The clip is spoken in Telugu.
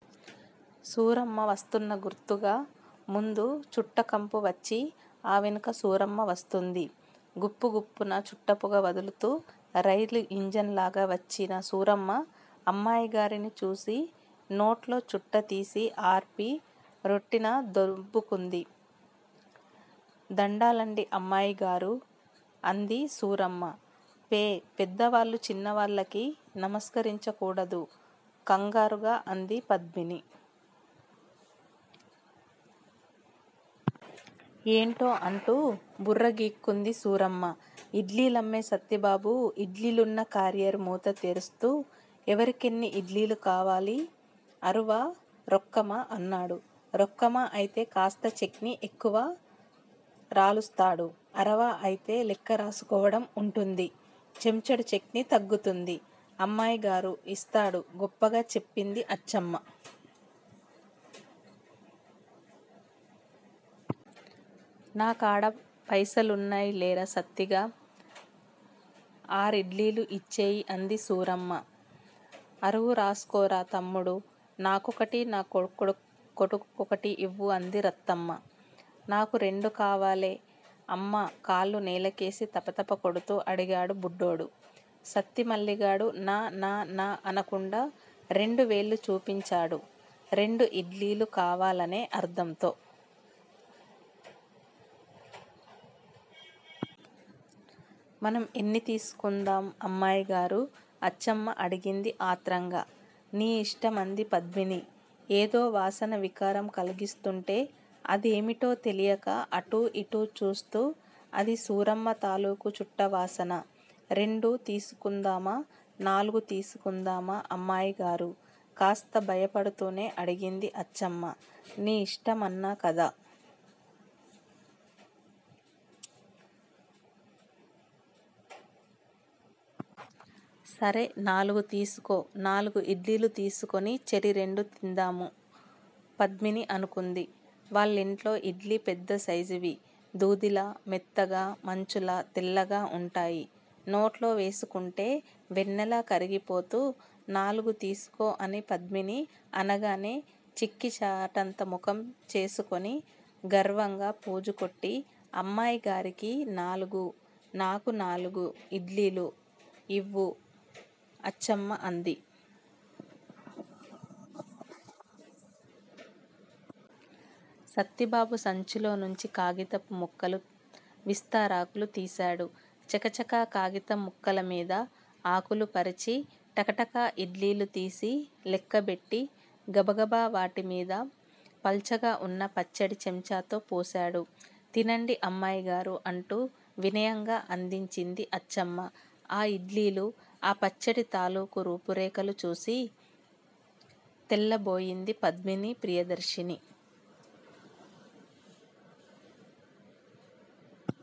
సూరమ్మ వస్తున్న గుర్తుగా ముందు చుట్ట కంపు వచ్చి ఆ వెనుక సూరమ్మ వస్తుంది. గుప్పు గుప్పున చుట్టపొగ వదులుతూ రైలింజనులాగ వచ్చిన సూరమ్మ అమ్మాయిగారిని చూసి నోట్లో చుట్టతీసి ఆర్పి రొంటిన దోపుకుంది. దండాలండీ అమ్మాయిగారూ! అంది సూరమ్మ. పె పెద్దవాళ్ళు చిన్నవాళ్ళకి నమస్కరించకూడదు కంగారుగా అంది పద్మిని. ఏంటో అంటూ బుర్రగీక్కుంది సూరమ్మ. ఇడ్లీలమ్మే సత్తిబాబు ఇడ్లీలున్న క్యారియర్ మూత తెరుస్తూ ఎవరికెన్ని ఇడ్లీలు కావాలి. అరువా, రొక్కమా అన్నాడు. రొక్కమయితే కాస్త చట్నీ ఎక్కువ రాలుస్తాడు. అరువయితే లెక్క రాసుకోటం వుంటుంది. చంచాడు చట్నీ తగ్గుతుంది. అమ్మాయిగారు ఇస్తారు గొప్పగా చెప్పింది అచ్చమ్మ. నా కాడ పైసలున్నయిలేరా సత్తిగా! ఆరిడ్డిలీలు ఇచ్చేయి అంది సూరమ్మ. అరువు రాసుకోరా తమ్ముడూ! నాకొకటి నా కొడుకు కొకటి ఇవ్వు అంది రత్తమ్మ. నాకు రెండు కావాలే అమ్మా కాళ్ళు నేలకేసి తపతపకొడుతూ అడిగాడు బుడ్డోడు. సత్తి మల్లిగాడు న న న అనకుండా రెండు వేళ్ళు చూపించాడు రెండు ఇడ్లీలు కావాలనే అర్ధంతో. మనం ఎన్ని తీసుకుందాం అమ్మాయిగారూ అచ్చమ్మడిగింది ఆత్రంగ. నీ ఇష్టం అంది పద్మిని ఏదో వాసన వికారం కలిగిస్తుంటే అదేమిటో తెలియక అటు ఇటు చూస్తూ. అది సూరమ్మ తాలూకా చుట్టవాసన. రెండు తీసుకుందామా నాలుగు తీసుకుందామా అమ్మాయిగారూ! కాస్త భయపడుతూనే అడిగింది అచ్చమ్మ. నీ ఇష్టమన్నా కదా! సరే నాలుగు తీసుకో నాలుగు ఇడ్లీలు తీసుకుని చెరి రెండూ తిందాం పద్మిని అనుకుంది. వాళ్ళింట్లో ఇడ్లీ పెద్ద సైజువి దూదిలా మెత్తగా మంచులా తెల్లగా వుంటాయి. నోట్లో వేసుకుంటే వెన్నలా కరిగిపోతూ నాలుగు తీసుకో అని పద్మిని అనగానే చింకి చాటంత ముఖం చేసుకుని గర్వంగా ఫోజుకొట్టి అమ్మాయిగారికి నాలుగు నాకు నాలుగు ఇడ్లీలు ఇవ్వు అచ్చమ్మ అంది. సత్తిబాబు సంచిలోనించి కాగితం ముక్కలు విస్తరాకులు తీశాడు. చకచక కాగితం ముక్కలమీద ఆకులు పరిచి టకటక ఇడ్లీలు తీసి లెక్కగపెట్టి గబగబ వాటిమీద పల్చగవున్న పచ్చడి చంచాతో పోశాడు. తినండి అమ్మాయిగారూ అంటూ వినయంగా అందించింది అచ్చమ్మ. ఆ ఇడ్లీలు ఆ పచ్చటి తాలూకా రూపురేఖలు చూసి తెల్లబోయింది పద్మిని ప్రియదర్శిని.